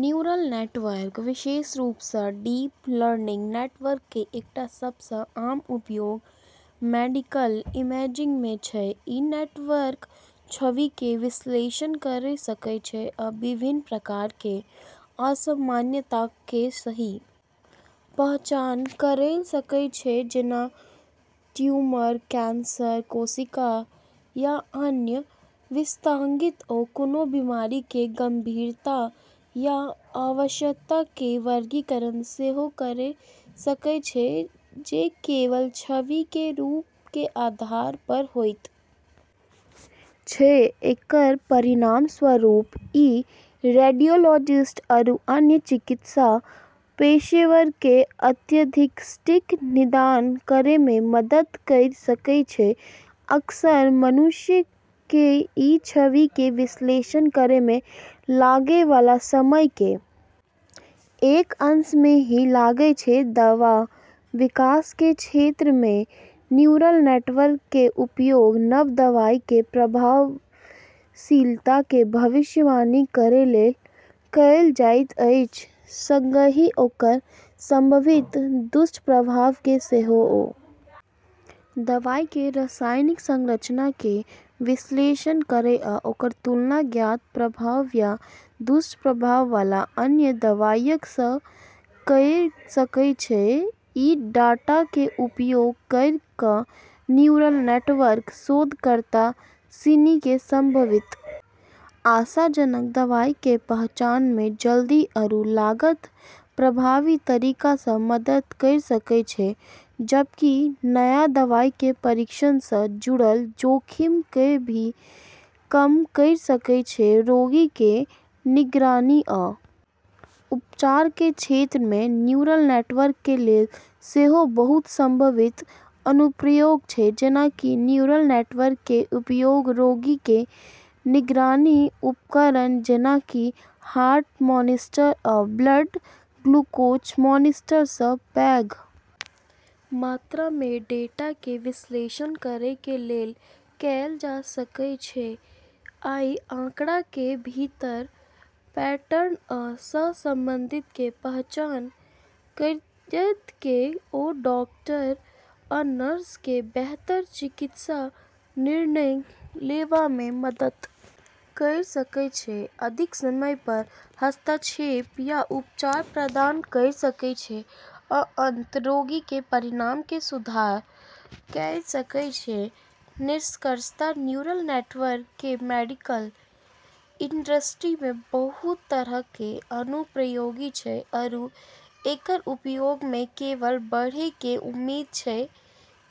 Neural network विशेष रूप सं डीप लर्निंग नेटवर्क कें एकटा सब सं आम उपयोग मेडिकल इमेजिंग मे छै, ई नेटवर्क छविक कें विश्लेषण कयर सकय छै आ विभिन्न प्रकार कें असामान्यताक कें सही पहचान कयर सकय छै जेना ट्यूमर, कैंसर कोशिका या अन्य विसंगतियक ओ कोनों बीमारी कें गंभीरता या अवस्था कें वर्गीकरण सेहो कयर सकय छै जे केवल छवि कें रूप कें आधार पर होयत छै, एकरऽ परिणामस्वरूप ई रेडियोलॉजिस्ट आरू अन्य चिकित्सा पेशेवरऽ कं अधिक सटीक निदान करै मे मदद करी सकै छै जे अक्सर मनुष्य क ई छवि के विश्लेषण करै मे लगै वाला समय के एक अंश मे ही लगै छै, दवा विकास के क्षेत्र में न्यूरल नेटवर्क के उपयोग नव दवाई के प्रभावशीलता के भविष्यवाणी करय लेल कयल जाइत अछि संगहि ओकर संभावित दुष्प्रभाव के सेहो ओ दवाई कें रासायनिक संरचना कें विश्लेषण कयर आ ओकर तुलना ज्ञात प्रभाव या दुष्प्रभाव वाला अन्य दवाइयक सं कयर सकय छै, ई डाटा के उपयोग करी क न्यूरल नेटवर्क शोधकर्ता सिनी क संभावित आशाजनक दवाई के पहचान मे जल्दी आरू लागत प्रभावी तरीका स मदद करी सकै छै, जबकि नया दवाई के परीक्षण स जुड़लऽ जोखिम क॑ भी कम करी सकै छै, रोगी कें निगरानी आ उपचार कें क्षेत्र मे न्यूरल नेटवर्क कें लेल सेहो बहुत संभावित अनुप्रयोग छै जेना कि न्यूरल नेटवर्क कें उपयोग रोगी कें निगरानी उपकरणक जेना कि हार्ट मॉनिटर आ ब्लड ग्लूकोज मॉनिटर सं पैघ मात्रा मे डाटा कें विश्लेषण करय कें लेल कैल जा सकय छै, अइ आंकड़ा कें भीतर पैटर्न आ सहसंबंध कें पहचान करयत ओ डॉक्टर आ नर्सक कें बेहतर चिकित्सा निर्णय लेवा मे मदद कयर सकय छै, अधिक समय पर हस्तक्षेप या उपचार प्रदान कयर सकय छै आ अंततः रोगी कें परिणाम मे सुधार कयर सकय छै, निष्कर्षतः न्यूरल नेटवर्क केरऽ मेडिकल इंडस्ट्री मे बहुत तरह के अनुप्रयोग छै आरू एकरऽ उपयोग मे केवल बढ़ै के उम्मीद छै,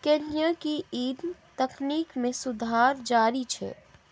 कैन्हेंकि ई तकनीक मे सुधार जारी छै।